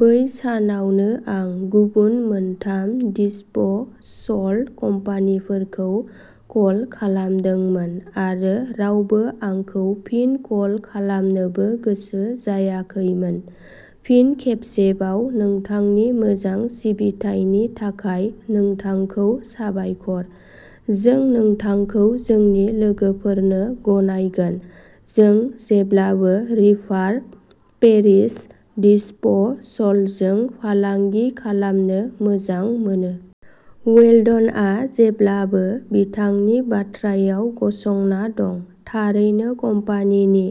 बै सानावनो आं गुबुन मोनथाम दिस्प'सल कम्पानिफोरखौ कल खालामदोंमोन आरो रावबो आंखौ फिन कल खालामनोबो गोसो जायाखैमोन। फिन खेबसेबाव, नोंथांनि मोजां सिबिथायनि थाखाय नोंथांखौ साबायखर। जों नोंथांखौ जोंनि लोगोफोरनो गनायगोन। जों जेब्लाबो रिभार पेरिश दिस्प'सलजों फालांगि खालामनो मोजां मोनो। वेल्डनआ जेब्लाबो बिथांनि बाथ्रायाव गसंना दं। थारैनो कम्पानिनि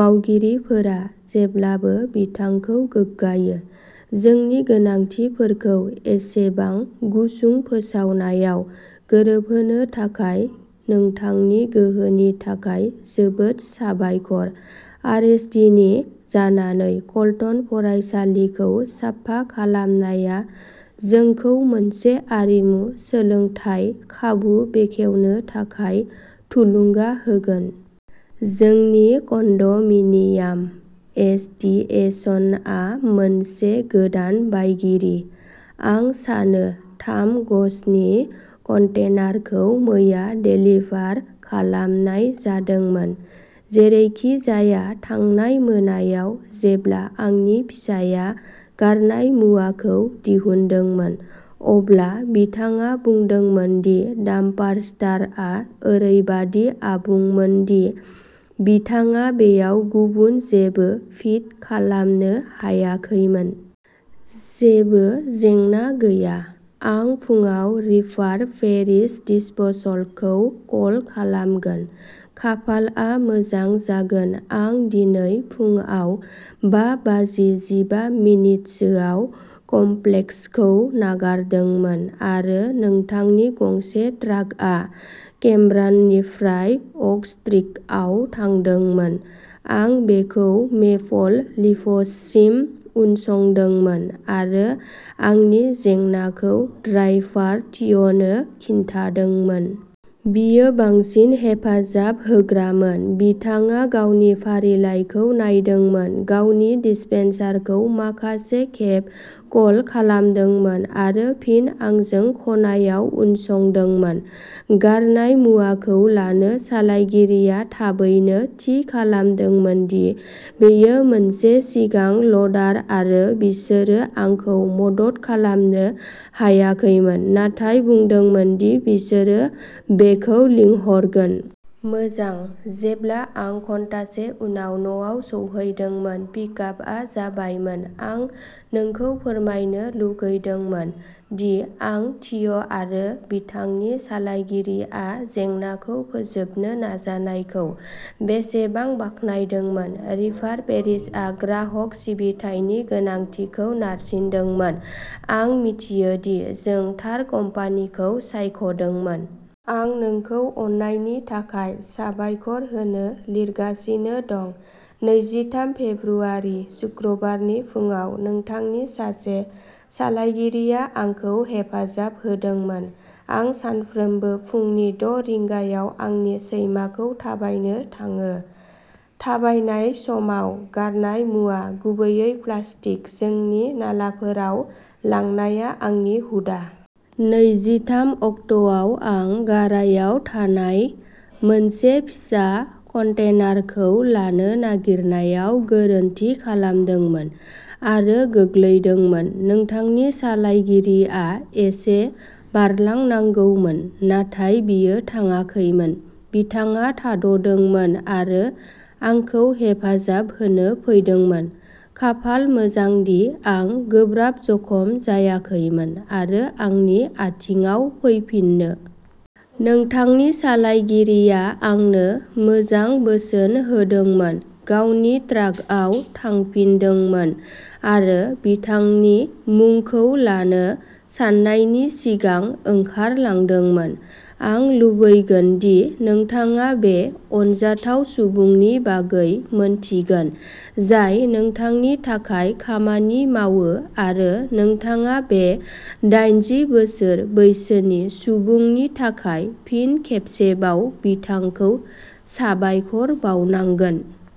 मावगिरिफोरा जेब्लाबो बिथांखौ गोग्गायो। जोंनि गोनांथिफोरखौ एसेबां गुसुं फोसावनायाव गोरोबहोनो थाखाय नोंथांनि गोहोनि थाखाय जोबोद साबायखर। आरएसडिनि जानानै कल्टन फरायसालिखौ साफा खालामनाया जोंखौ मोनसे आरिमु सोलोंथाय खाबु बेखेवनो थाखाय थुलुंगा होगोन। जोंनि कन्ड'मिनियाम एस'टिएशनआ मोनसे गोदान बायगिरि। आं सानो थाम गजनि कन्टेनारखौ मैया देलिभार खालामनाय जादोंमोन। जेरैखिजाया, थांनाय मोनायाव जेब्ला आंनि फिसाया गारनाय मुवाखौ दिहुनदोंमोन, अब्ला बिथाङा बुंदोंमोन दि डाम्पस्टारआ ओरैबादि आबुंमोन दि बिथाङा बेयाव गुबुन जेबो फिट खालामनो हायाखैमोन। जेबो जेंना गैया, आं फुंआव रिभार पेरिश दिस्प'सलखौ कल खालामगोन। खाफालआ मोजां जागोन आं दिनै फुंआव बा बाजि जिबा मिनट सोआव कमप्लेक्सखौ नागारदोंमोन आरो नोंथांनि गंसे ट्राकआ केम्ब्र'ननिफ्राय अक स्ट्रिटआव थांदोंमोन। आं बेखौ मेपल लिफसिम उनसंदोंमोन आरो आंनि जेंनाखौ ड्राइभार थिय'नो खिन्थादोंमोन। बियो बांसिन हेफाजाब होग्रामोन। बिथाङा गावनि फारिलाइखौ नायदोंमोन, गावनि डिस्पेचारखौ माखासे खेब कल खालामदोंमोन आरो फिन आंजों खनायाव उनसंदोंमोन गारनाय मुवाखौ लानो। सालायगिरिया थाबैनो थि खालामदोंमोन दि बेयो मोनसे सिगां लडार आरो बिसोरो आंखौ मदद खालामनो हायाखैमोन नाथाय बुंदोंमोन दि बिसोरो बेखौ लिंहरगोन। मोजां, जेब्ला आं घन्टासे उनाव न'आव सौहैदोंमोन, पिकआपआ जाबायमोन। आं नोंखौ फोरमायनो लुगैदोंमोन दि आं थिय'आरो बिथांनि सालायगिरिया जेंनाखौ फोजोबनो नाजानायखौ बेसेबां बाख्नायदोंमोन। रिभार पेरिसआ ग्राहक सिबिथायनि गोनांथिखौ नारसिनदोंमोन। आं मिथियो दि जों थार कम्पानिखौ सायख'दोंमोन। आं नोंखौ अननायनि थाखाय साबायखर होनो लिरगासिनो दं। नैजिथाम फेब्रुआरि सुक्रुबारनि फुंआव नोंथांनि सासे सालायगिरिया आंखौ हेफाजाब होदोंमोन। आं सानफ्रोमबो फुंनि द' रिंगायाव आंनि सैमाखौ थाबायनो थाङो। थाबायनाय समाव गारनाय मुवा, गुबैयै प्लास्टिक, जोंनि नालाफोराव लांनाया आंनि हुदा। नैजिथाम अक्ट'आव, आं गारायाव थानाय मोनसे फिसा कन्टेनारखौ लानो नागिरनायाव गोरोन्थि खालामदोंमोन आरो गोग्लैदोंमोन। नोंथांनि सालायगिरिया एसे बारलांनांगौमोन, नाथाय बियो थाङाखैमोन। बिथाङा थाद'दोंमोन आरो आंखौ हेफाजाब होनो फैदोंमोन। खाफाल मोजांदि, आं गोब्राब जखम जायाखैमोन आरो आंनि आथिंआव फैफिनो। नोंथांनि सालायगिरिया आंनो मोजां बोसोन होदोंमोन, गावनि ट्राकआव थांफिनदोंमोन आरो बिथांनि मुंखौ लानो साननायनि सिगां ओंखारलांदोंमोन। आं लुबैगोन दि नोंथाङा बे अनजाथाव सुबुंनि बागै मिन्थिगोन जाय नोंथांनि थाखाय खामानि मावो, आरो नोंथाङा बे डायनजि बोसोर बैसोनि सुबुंनि थाखाय फिन खेबसेबाव बिथांखौ साबायखर बावनांगोन।